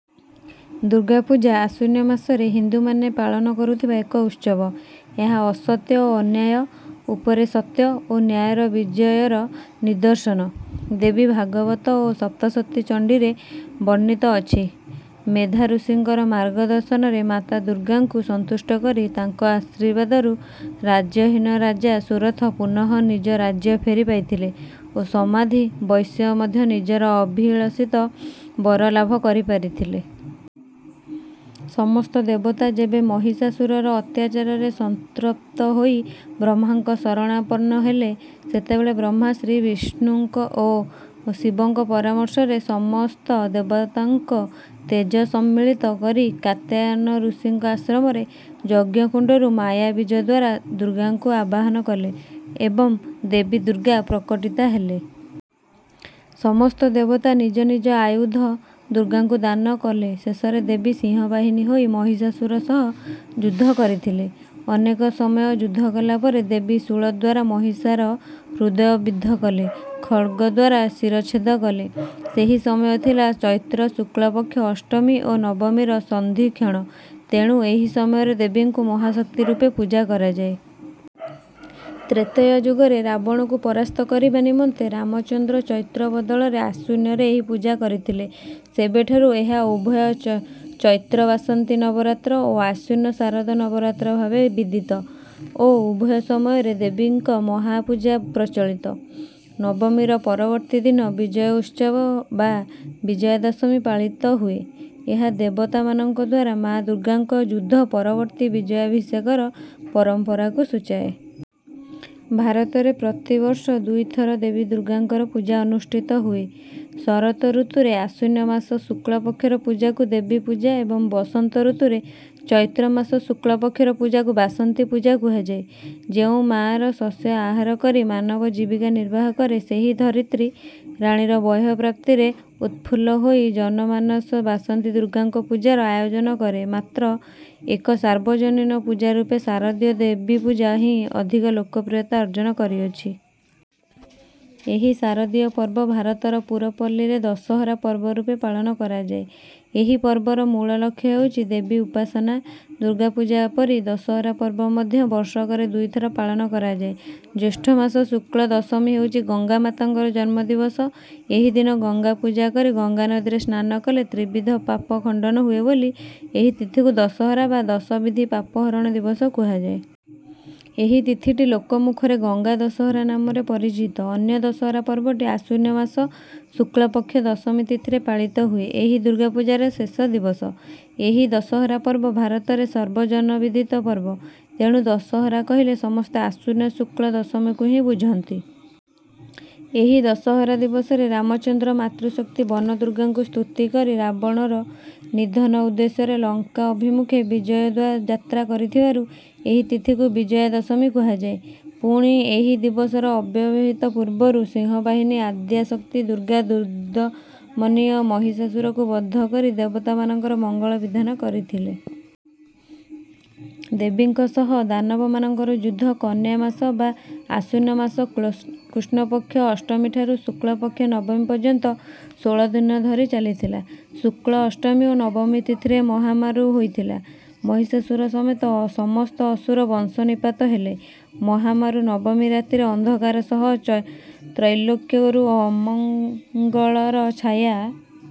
ଦୁର୍ଗା ପୂଜା ଆଶ୍ୱିନ ମାସରେ ହିନ୍ଦୁମାନେ ପାଳନ କରୁଥିବା ଏକ ଉତ୍ସବ। ଏହା ଅସତ୍ୟ ଓ ଅନ୍ୟାୟ ଉପରେ ସତ୍ୟ ଓ ନ୍ୟାୟର ବିଜୟର ନିଦର୍ଶନ। ଦେବୀ ଭାଗବତ ଓ ସପ୍ତଶତୀ ଚଣ୍ଡୀରେ ବର୍ଣ୍ଣିତ ଅଛି ମେଧାଋଷିଙ୍କର ମାର୍ଗ ଦର୍ଶନରେ ମାତା ଦୁର୍ଗାଙ୍କୁ ସନ୍ତୁଷ୍ଟ କରି ତାଙ୍କ ଆଶୀର୍ବାଦରୁ ରାଜ୍ୟହୀନ ରାଜା ସୁରଥ ପୁନଃ ନିଜ ରାଜ୍ୟ ଫେରି ପାଇଥିଲେ ଓ ସମାଧି ବୈଶ୍ୟ ମଧ୍ୟ ନିଜର ଅଭିଳଷିତ ବର ଲାଭ କରି ପାରିଥିଲେ। ସମସ୍ତ ଦେବତା ଯେବେ ମହିଷାସୁରର ଅତ୍ୟାଚାରରେ ସନ୍ତ୍ରପ୍ତ ହୋଇ ବ୍ରହ୍ମାଙ୍କ ଶରଣାପନ୍ନହେଲେ ସେତେବେଳେ ବ୍ରହ୍ମା ଶ୍ରୀବିଷ୍ଣୁ ଓ ଶିବଙ୍କ ପରାମର୍ଶରେ ସମସ୍ତ ଦେବତାଙ୍କ ତେଜ ସମ୍ମିଳିତ କରି କାତ୍ୟାୟନ ଋଷିଙ୍କ ଆଶ୍ରମରେ ଯଜ୍ଞକୁଣ୍ଡରୁ ମାୟା ବୀଜଦ୍ୱାରା ଦୁର୍ଗାଙ୍କୁ ଆବାହନ କଲେ ଏବଂ ଦେବୀ ଦୁର୍ଗା ପ୍ରକଟୀତା ହେଲେ। ସମସ୍ତ ଦେବତା ନିଜ ନିଜ ଆୟୁଧ ଦୁର୍ଗାଙ୍କୁ ଦାନ କଲେଶେଷରେ ଦେବୀ ସିଂହ ବାହିନୀ ହୋଇ ମହିଷାସୁର ସହ ଯୁଦ୍ଧ କରିଥିଲେ। ଅନେକ ସମୟ ଯୁଦ୍ଧ କଲାପରେ ଦେବୀ ଶୂଳଦ୍ୱାରା ମହିଷାର ହୃଦୟ ବିଦ୍ଧ କଲେ ଖଡ୍ଗଦ୍ୱାରା ଶିରଚ୍ଛେଦ କଲେ। ସେହି ସମୟ ଥିଲା ଚୈତ୍ର ଶୁକ୍ଳ ପକ୍ଷ ଅଷ୍ଟମୀ ଓ ନବମୀର ସନ୍ଧିକ୍ଷଣ ତେଣୁ ଏହିସମୟରେ ଦେବୀଙ୍କୁ ମହାଶକ୍ତି ରୂପେ ପୂଜା କରାଯାଏ। ତ୍ରେତୟା ଯୁଗରେ ରାବଣକୁ ପରାସ୍ତ କରିବା ନିମନ୍ତେ ରାମଚନ୍ଦ୍ର ଚୈତ୍ର ବଦଳରେ ଆଶ୍ୱିନରେ ଏହି ପୂଜା କରିଥିଲେ ସେବେଠାରୁ ଏହା ଉଭୟ ଚୈତ୍ର ବାସନ୍ତୀ ନବରାତ୍ର ଓ ଆଶ୍ୱିନ ଶାରଦ ନବରାତ୍ର ଭାବେ ବିଦିତ ଓ ଉଭୟ ସମୟରେ ଦେବୀଙ୍କ ମହାପୂଜା ପ୍ରଚଳିତ। ନବମୀର ପରବର୍ତ୍ତୀ ଦିନ ବିଜୟଉତ୍ସବ ବା ବିଜୟାଦଶମୀ ପାଳିତ ହୁଏଏହା ଦେବତାମାନଙ୍କଦ୍ୱାରା ମା ଦୁର୍ଗାଙ୍କ ଯୁଦ୍ଧ ପରବର୍ତ୍ତୀ ବିଜୟାଭିଷେକର ପରମ୍ପରାକୁ ସୂଚାଏ। ଭାରତରେ ପ୍ରତିବର୍ଷ ଦୁଇଥର ଦେବୀ ଦୁର୍ଗାଙ୍କର ପୂଜା ଅନୁଷ୍ଠିତ ହୁଏ। ଶରତ ଋତୁରେ ଆଶ୍ୱିନ ମାସ ଶୁକ୍ଳ ପକ୍ଷର ପୂଜାକୁ ଦେବୀ ପୂଜା ଏବଂ ବସନ୍ତ ଋତୁରେ ଚୈତ୍ରମାସ ଶୁକ୍ଳ ପକ୍ଷର ପୂଜାକୁ ବାସନ୍ତୀ ପୂଜା କୁହାଯାଏ। ଯେଉଁ ମାର ଶସ୍ୟ ଆହାର କରି ମାନବ ଜୀବିକା ନିର୍ବାହ କରେ ସେହି ଧରିତ୍ରୀ ରାଣୀର ବୟଃପ୍ରାପ୍ତିରେ ଉତ୍ଫୁଲ୍ଲ ହୋଇ ଜନମାନସ ବାସନ୍ତୀ ଦୁର୍ଗାଙ୍କ ପୂଜାର ଆୟୋଜନ କରେ ମାତ୍ର ଏକ ସାର୍ବଜନୀନ ପୂଜା ରୂପେ ଶାରଦୀୟ ଦେବୀପୂଜା ହିଁ ଅଧିକ ଲୋକପ୍ରିୟତା ଅର୍ଜନ କରିଅଛି। ଏହି ଶାରଦୀୟ ପର୍ବ ଭାରତର ପୁରପଲ୍ଲୀରେ ଦଶହରା ପର୍ବରୂପେ ପାଳନ କରାଯାଏ। ଏହି ପର୍ବର ମୂଳ ଲକ୍ଷ୍ୟ ହେଉଛି ଦେବୀ ଉପାସନା। ଦୁର୍ଗାପୂଜା ପରି ଦଶହରା ପର୍ବ ମଧ୍ୟ ବର୍ଷକରେ ଦୁଇଥର ପାଳନ କରାଯାଏ। ଜ୍ୟେଷ୍ଠମାସ ଶୁକ୍ଳଦଶମୀ ହେଉଛି ଗଙ୍ଗାମାତାଙ୍କର ଜନ୍ମଦିବସ ଏହିଦିନ ଗଙ୍ଗାପୂଜା କରି ଗଙ୍ଗାନଦୀରେ ସ୍ନାନ କଲେ ତ୍ରିବିଧ ପାପ ଖଣ୍ଡନ ହୁଏ ବୋଲି ଏହି ତିଥିକୁ ଦଶହରା ବା ଦଶବିଧ ପାପହରଣ ଦିବସ କୁହାଯାଏ। ଏହି ତିଥିଟି ଲୋକମୁଖରେ ଗଙ୍ଗା ଦଶହରା ନାମରେ ପରିଚିତ ଅନ୍ୟ ଦଶହରା ପର୍ବଟି ଆଶ୍ୱିନ ମାସ ଶୁକ୍ଳପକ୍ଷ ଦଶମୀ ତିଥିରେ ପାଳିତ ହୁଏ ଏହି ଦୁର୍ଗାପୂଜାର ଶେଷ ଦିବସ। ଏହି ଦଶହରା ପର୍ବ ଭାରତରେ ସର୍ବଜନବିଦିତ ପର୍ବ। ତେଣୁ ଦଶହରା କହିଲେ ସମସ୍ତେ ଆଶ୍ୱିନ ଶୁକ୍ଳ ଦଶମୀକୁ ହିଁ ବୁଝନ୍ତି। ଏହି ଦଶହରା ଦିବସରେ ରାମଚନ୍ଦ୍ର ମାତୃଶକ୍ତି ବନଦୁର୍ଗାଙ୍କୁ ସ୍ତୁତି କରି ରାବଣର ନିଧନ ଉଦ୍ଦେଶ୍ୟରେ ଲଙ୍କା ଅଭିମୁଖେ ବିଜୟଯାତ୍ରା କରିଥିବାରୁ ଏହି ତିଥିକୁ ବିଜୟା ଦଶମୀ କୁହାଯାଏ। ପୁଣି ଏହି ଦିବସର ଅବ୍ୟବହିତ ପୂର୍ବରୁ ସିଂହବାହିନୀ ଆଦ୍ୟା ଶକ୍ତି ଦୁର୍ଗା ଦୁର୍ଦ୍ଦମନୀୟ ମହିଷାସୁରକୁ ବଧ କରି ଦେବତାମାନଙ୍କର ମଙ୍ଗଳ ବିଧାନ କରିଥିଲେ। ଦେବୀଙ୍କ ସହ ଦାନବମାନଙ୍କର ଯୁଦ୍ଧ କନ୍ୟାମାସ ବା ଆଶ୍ୱିନ ମାସ କୃଷ୍ଣପକ୍ଷ ଅଷ୍ଟମୀଠାରୁ ଶୁକ୍ଳପକ୍ଷ ନବମୀ ପର୍ଯ୍ୟନ୍ତ ଷୋଳଦିନ ଧରି ଚାଲିଥିଲା। ଶୁକ୍ଳ ଅଷ୍ଟମୀ ଓ ନବମୀ ତିଥିରେ ମହାମାରୁ ହୋଇଥିଲା। ମହିଷାସୁର ସମେତ ସମସ୍ତ ଅସୁର ବଂଶ ନିପାତ ହେଲେ। ମହାମାରୁ ନବମୀ ରାତିର ଅନ୍ଧକାର ସହ ତ୍ରୈଲୋକ୍ୟରୁ ଅମଙ୍ଗଳର ଛାୟା